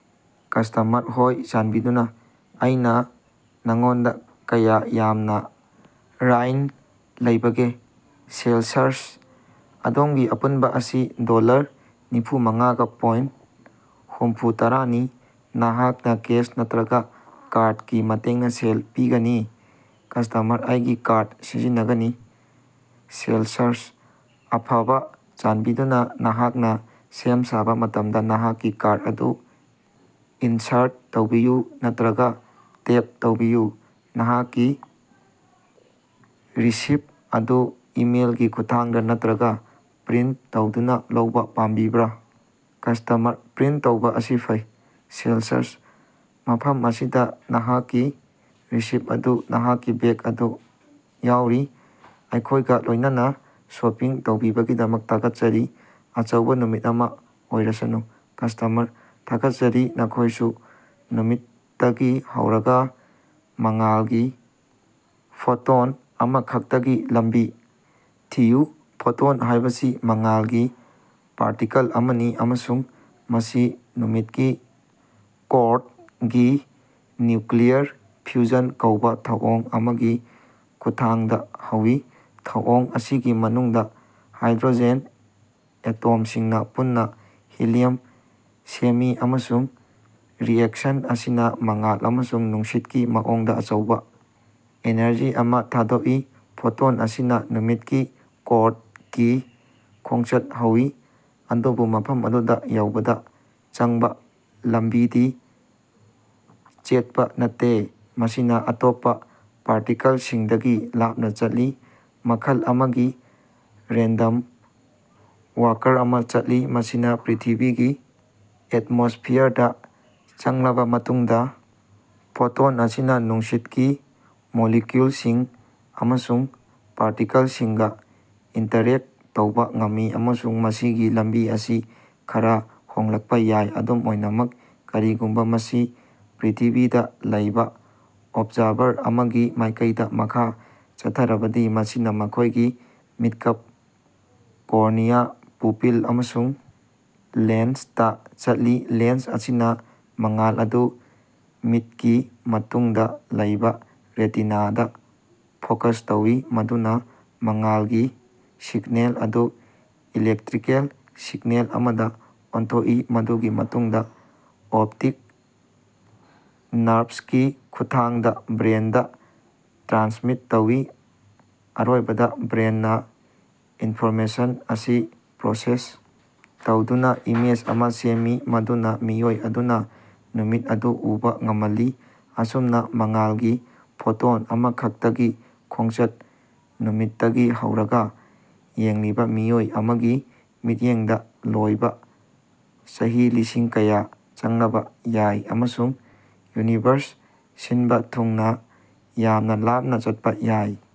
Customer: ꯍꯣꯏ, ꯆꯥꯟꯕꯤꯗꯨꯅ꯫ ꯑꯩꯅ ꯅꯉꯣꯟꯗ ꯀꯌꯥ ꯌꯥꯝꯅ ꯔ꯭ꯏꯟ ꯂꯩꯕꯒꯦ? ꯁꯦꯂꯁꯔꯁ: ꯑꯗꯣꯝꯒꯤ ꯑꯄꯨꯟꯕ ꯑꯁꯤ ꯗꯣꯂꯔ ꯅꯤꯐꯨꯃꯉꯥꯒ ꯄ‌ꯣꯏꯟ ꯍꯨꯝꯐꯨꯇꯔ‌ꯦꯠꯅꯤ꯫ ꯅꯍꯥꯛꯅꯥ ꯀꯦꯁ ꯅꯠꯇꯔꯒ ꯀꯥꯔꯗꯀꯤ ꯃꯇꯦꯡꯅ ꯁꯦꯜ ꯄꯤꯒꯅꯤ? ꯀꯁ꯭ꯇꯃꯔ: ꯑꯩꯒꯤ ꯀꯥꯔꯗ ꯁꯤꯖꯤꯟꯅꯒꯅꯤ꯫ ꯁꯦꯜꯁꯔꯁ: ꯑꯐꯕ, ꯆꯥꯟꯕꯤꯗꯨꯅ ꯅꯍꯥꯛꯅ ꯁꯦꯝ ꯁꯥꯕ ꯃꯇꯝꯗ ꯅꯍꯥꯛꯀꯤ ꯀꯥꯔꯗ ꯑꯗꯨ ꯏꯟꯁꯥꯔꯠ ꯇꯧꯕꯤꯌꯨ ꯅꯠꯇꯔꯒꯥ ꯇꯦꯞ ꯇꯧꯕꯤꯌꯨ꯫ ꯅꯍꯥꯛꯀꯤ ꯔꯤꯁꯤꯞꯠ ꯑꯗꯨ ꯏꯃꯦꯏꯜꯒꯤ ꯈꯨꯠꯊꯥꯡꯗ ꯅꯠꯇꯔꯒ ꯄ꯭ꯔꯤꯟꯠ ꯇꯧꯗꯨꯅ ꯂꯧꯕꯥ ꯄꯥꯝꯕꯤꯕ꯭ꯔꯥ? ꯀꯁ꯭ꯇꯃꯔ: ꯄ꯭ꯔꯤꯟꯇ ꯇꯧꯕꯥ ꯑꯁꯤ ꯐꯩ꯫ ꯁꯦꯜꯁꯔꯁ: ꯃꯐꯝ ꯑꯁꯤꯗ ꯅꯍꯥꯛꯀꯤ ꯔꯤꯁꯤꯞꯠ ꯑꯗꯨ ꯅꯍꯥꯛꯀꯤ ꯕꯦꯒ ꯑꯗꯨ ꯌꯥꯎꯔꯤ꯫ ꯑꯩꯈꯣꯏꯒ ꯂꯣꯏꯅꯅꯥ ꯁꯣꯄꯤꯡ ꯇꯧꯕꯤꯕꯒꯤꯗꯃꯛ ꯊꯥꯒꯠꯆꯔꯤ, ꯑꯆꯧꯕꯥ ꯅꯨꯃꯤꯠ ꯑꯃꯥ ꯑꯣꯏꯔꯁꯅꯨ! ꯀꯁ꯭ꯇꯃꯔ: ꯊꯥꯒꯠꯆꯔꯤ, ꯅꯈꯣꯏꯁꯨ! ꯅꯨꯃꯤꯠꯇꯒꯤ ꯍꯧꯔꯒ ꯃꯉꯥꯜꯒꯤ ꯐꯣꯇꯣꯟ ꯑꯃꯈꯛꯇꯒꯤ ꯂꯝꯕꯤ ꯊꯤꯌꯨ꯫ ꯐꯣꯇꯣꯟ ꯍꯥꯏꯕꯁꯤ ꯃꯉꯥꯜꯒꯤ ꯄꯥꯔꯇꯤꯀꯜ ꯑꯃꯅꯤ, ꯑꯃꯁꯨꯡ ꯃꯁꯤ ꯅꯨꯃꯤꯠꯀꯤ ꯀꯣꯔꯗꯒꯤ ꯅ꯭ꯌꯨꯀꯂꯤꯌꯔ ꯐ꯭ꯌꯨꯖꯟ ꯀꯧꯕꯥ ꯊꯧꯑꯣꯡ ꯑꯃꯒꯤ ꯈꯨꯠꯊꯥꯡꯗ ꯍꯧꯏ꯫ ꯊꯧꯑꯣꯡ ꯑꯁꯤꯒꯤ ꯃꯅꯨꯡꯗ ꯍꯥꯏꯗ꯭ꯔꯣꯖꯦꯟ ꯑꯦꯇꯣꯝꯁꯤꯡꯅꯥ ꯄꯨꯟꯅꯥ ꯍꯤꯂꯤꯌꯝ ꯁꯦꯝꯃꯤ, ꯑꯃꯁꯨꯡ ꯔꯤꯑꯦꯛꯁꯟ ꯑꯁꯤꯅꯥ ꯃꯉꯥꯜ ꯑꯃꯁꯨꯡ ꯅꯨꯡꯁꯤꯠꯀꯤ ꯃꯑꯣꯡꯗ ꯑꯆꯧꯕꯥ ꯑꯦꯅꯔꯖꯤ ꯑꯃꯥ ꯊꯥꯗꯣꯛꯏ꯫ ꯐꯣꯇꯣꯟ ꯑꯁꯤꯅꯥ ꯅꯨꯃꯤꯠꯀꯤ ꯀꯣꯔꯗꯀꯤ ꯈꯣꯡꯆꯠ ꯍꯧꯏ, ꯑꯗꯨꯕꯨ ꯃꯐꯝ ꯑꯗꯨꯗꯥ ꯌꯧꯕꯗ ꯆꯪꯕ ꯂꯝꯕꯤꯗꯤ ꯆꯦꯠꯄꯥ ꯅꯠꯇꯦ꯫ ꯃꯁꯤꯅꯥ ꯑꯇꯣꯞꯄ ꯄꯥꯔꯇꯤꯀꯜꯁꯤꯡꯗꯒꯤ ꯂꯥꯞꯅ ꯆꯠꯂꯤ, ꯃꯈꯜ ꯑꯃꯒꯤ ꯔꯦꯟꯗꯝ ꯋꯥꯛꯀ꯭ꯔ ꯑꯃꯥ ꯆꯠꯂꯤ꯫ ꯃꯁꯤꯅ ꯄ꯭ꯔꯤꯊꯤꯕꯤꯒꯤ ꯑꯦꯇꯃꯣꯁ꯭ꯐꯤꯌꯔꯗꯥ ꯆꯪꯂꯕ ꯃꯇꯨꯡꯗ ꯐꯣꯇꯣꯟ ꯑꯁꯤꯅ ꯅꯨꯡꯁꯤꯠꯀꯤ ꯃꯣꯂꯤꯀꯌꯨꯜꯁꯤꯡ ꯑꯃꯁꯨꯡ ꯄꯥꯔꯇꯤꯀꯜꯁꯤꯡꯒ ꯏꯟꯇꯔꯦꯛꯇ ꯇꯧꯕ ꯉꯝꯃꯤ, ꯑꯃꯁꯨꯡ ꯃꯁꯤꯒꯤ ꯂꯝꯕꯤ ꯑꯁꯤ ꯈꯔꯥ ꯍꯣꯡꯂꯛꯄꯥ ꯌꯥꯏ꯫ ꯑꯗꯨꯝ ꯑꯣꯏꯅꯃꯛ, ꯀꯔꯤꯒꯨꯝꯕ ꯃꯁꯤ ꯄ꯭ꯔꯤꯊꯤꯕꯤꯗ ꯂꯩꯕ ꯑꯣꯕꯖꯥꯔꯚꯔ ꯑꯃꯒꯤ ꯃꯥꯏꯀꯩꯗꯥ ꯃꯈꯥ ꯆꯠꯊꯔꯕꯗꯤ, ꯃꯁꯤꯅꯥ ꯃꯈꯣꯏꯒꯤ ꯃꯤꯠꯀꯞ ꯀꯣꯔꯅꯤꯌꯥ, ꯄꯨꯄꯤꯜ ꯑꯃꯁꯨꯡ ꯂꯦꯟꯁꯇꯥ ꯆꯠꯂꯤ꯫ ꯂꯦꯟꯁ ꯑꯁꯤꯅꯥ ꯃꯉꯥꯜ ꯑꯗꯨ ꯃꯤꯠꯀꯤ ꯃꯇꯨꯡꯗ ꯂꯩꯕ ꯔꯦꯇꯤꯅꯥꯗꯥ ꯐꯣꯀꯁ ꯇꯧꯏ, ꯃꯗꯨꯅ ꯃꯉꯥꯜꯒꯤ ꯁꯤꯛꯅꯦꯜ ꯑꯗꯨ ꯏꯂꯦꯛꯇꯔꯤꯀꯦꯜ ꯁꯤꯛꯅꯦꯜ ꯑꯃꯗ ꯑꯣꯟꯊꯣꯛꯏ, ꯃꯗꯨꯒꯤ ꯃꯇꯨꯡꯗ ꯑꯣꯞꯇꯤꯛ ꯅꯔꯚꯀꯤ ꯈꯨꯠꯊꯥꯡꯗ ꯕ꯭ꯔ‌ꯦꯟꯗꯥ ꯇ꯭ꯔꯥꯟꯁꯃꯤꯠ ꯇꯧꯏ꯫ ꯑꯔꯣꯏꯕꯗ, ꯕ꯭ꯔꯦꯟꯅꯥ ꯏꯟꯐꯣꯔꯃꯦꯁꯟ ꯑꯁꯤ ꯄ꯭ꯔꯣꯁꯦꯁ ꯇꯧꯗꯨꯅ ꯏꯃꯦꯖ ꯑꯃꯥ ꯁꯦꯝꯃꯤ, ꯃꯗꯨꯅ ꯃꯤꯑꯣꯏ ꯑꯗꯨꯅꯥ ꯅꯨꯃꯤꯠ ꯑꯗꯨ ꯎꯕ ꯉꯝꯍꯜꯂꯤ꯫ ꯑꯁꯨꯝꯅ, ꯃꯉꯥꯜꯒꯤ ꯐꯣꯇꯣꯟ ꯑꯃꯈꯛꯇꯒꯤ ꯈꯣꯡꯆꯠ, ꯅꯨꯃꯤꯠꯇꯒꯤ ꯍꯧꯔꯒꯥ, ꯌꯦꯡꯂꯤꯕꯥ ꯃꯤꯑꯣꯏ ꯑꯃꯒꯤ ꯃꯤꯠꯌꯦꯡꯗ ꯂꯣꯏꯕꯥ, ꯆꯍꯤ ꯂꯤꯁꯤꯡ ꯀꯌꯥ ꯆꯪꯂꯝꯕ ꯌꯥꯏ ꯑꯃꯁꯨꯡ ꯌꯨꯅꯤꯚꯔꯁ ꯁꯤꯟꯕ ꯊꯨꯡꯅ ꯌꯥꯝꯅ ꯂꯥꯞꯅ ꯆꯠꯄꯥ ꯌꯥꯏ꯫